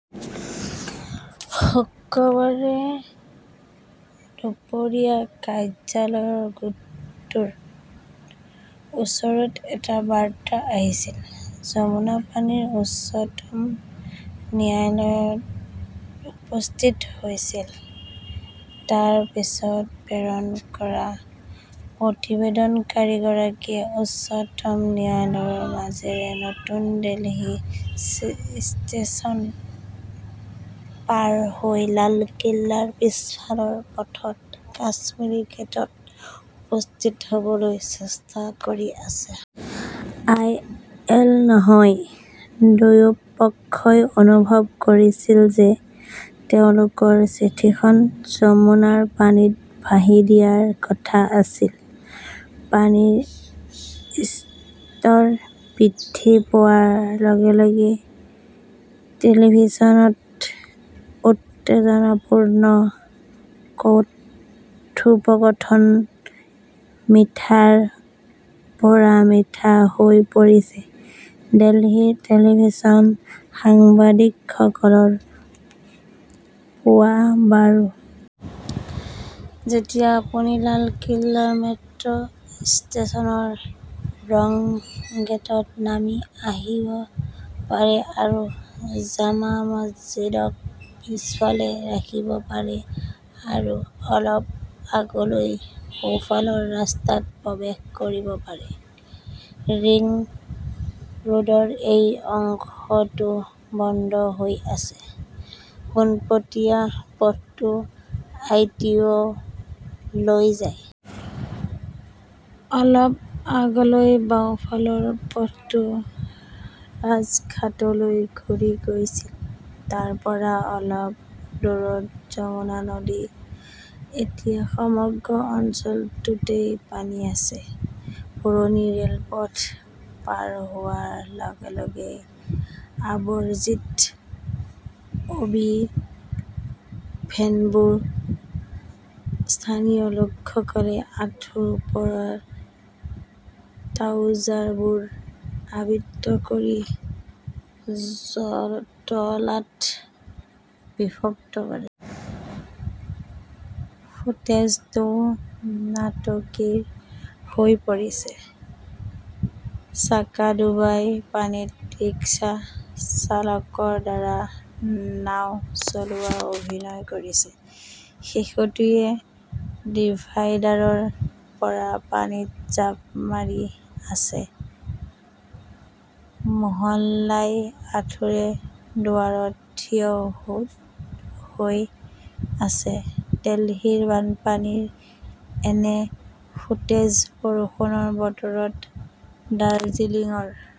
শুক্ৰবাৰে দুপৰীয়া কাৰ্যালয়ৰ গোটটোৰ ওচৰত এটা বাৰ্তা আহিছিল, যমুনাৰ পানী উচ্চতম ন্যায়ালয়ত উপস্থিত হৈছিল! তাৰ পিছত প্ৰেৰণ কৰা প্ৰতিবেদনকাৰীগৰাকীয়ে উচ্চতম ন্যায়ালয়ৰ মাজেৰে নতুন দিল্লী ষ্টেচন পাৰ হৈ লালকিল্লাৰ পিছফালৰ পথত কাশ্মীৰী গেটত উপস্থিত হ "বলৈ চেষ্টা কৰি আছে। আই. এল. নহয়। দুয়োপক্ষই অনুভৱ কৰিছিল যে তেওঁলোকৰ চিঠিখন যমুনাৰ পানীত ভাহি দিয়াৰ কথা আছিল! পানীৰ স্তৰ বৃদ্ধি পোৱাৰ লগে লগে টেলিভিছনত উত্তেজনাপূৰ্ণ কথোপকথন 'মিঠা "ৰ পৰা' মিঠা" হৈ পৰিছে। দিল্লীৰ টেলিভিছন সাংবাদিকসকলৰ পোয়া বাৰো! যেতিয়া আপুনি লালকিল্লা মেট্ৰ 'ষ্টেচনৰ নং গেটত নামি আহিব পাৰে আৰু জামা মছজিদক পিছফালে ৰাখিব পাৰে আৰু অলপ আগলৈ সোঁফালৰ ৰাস্তাত প্ৰৱেশ কৰিব পাৰে। ৰিং ৰোডৰ এই অংশটো বন্ধ হৈ আছে। পোনপটীয়া পথটো আইটিঅ "লৈ যায়। অলপ আগলৈ বাওঁফালৰ পথটো ৰাজঘাটলৈ ঘূৰি গৈছিল। তাৰ পৰা অলপ দূৰত যমুনা নদী। এতিয়া সমগ্ৰ অঞ্চলটোতে পানী আছে। পুৰণি ৰে 'লপথ পাৰ হোৱাৰ লগে লগে আবৰ্জিত অ' বি ভেনবোৰ। স্থানীয় লোকসকলে আঁঠুৰ ওপৰত ট্ৰাউজাৰবোৰ আবৃত কৰি জটলাত বিভক্ত কৰে। ফুটেজটোও নাটকীয় হৈ পৰিছে! চাকাদোবাই পানীত ৰিক্সা চালকৰ দ্বাৰা নাও চলোৱাৰ অভিনয় কৰিছে। শিশুটিৱে ডিভাইডাৰৰ পৰা পানীত জাপ মাৰি আছে। মোহল্লাই আঁঠুৰে দুৱাৰত থিয় হৈ আছে। দিল্লীৰ বানপানীৰ এনে 'ফুটেজ "বৰষুণৰ বতৰত দাৰ্জিলিংৰ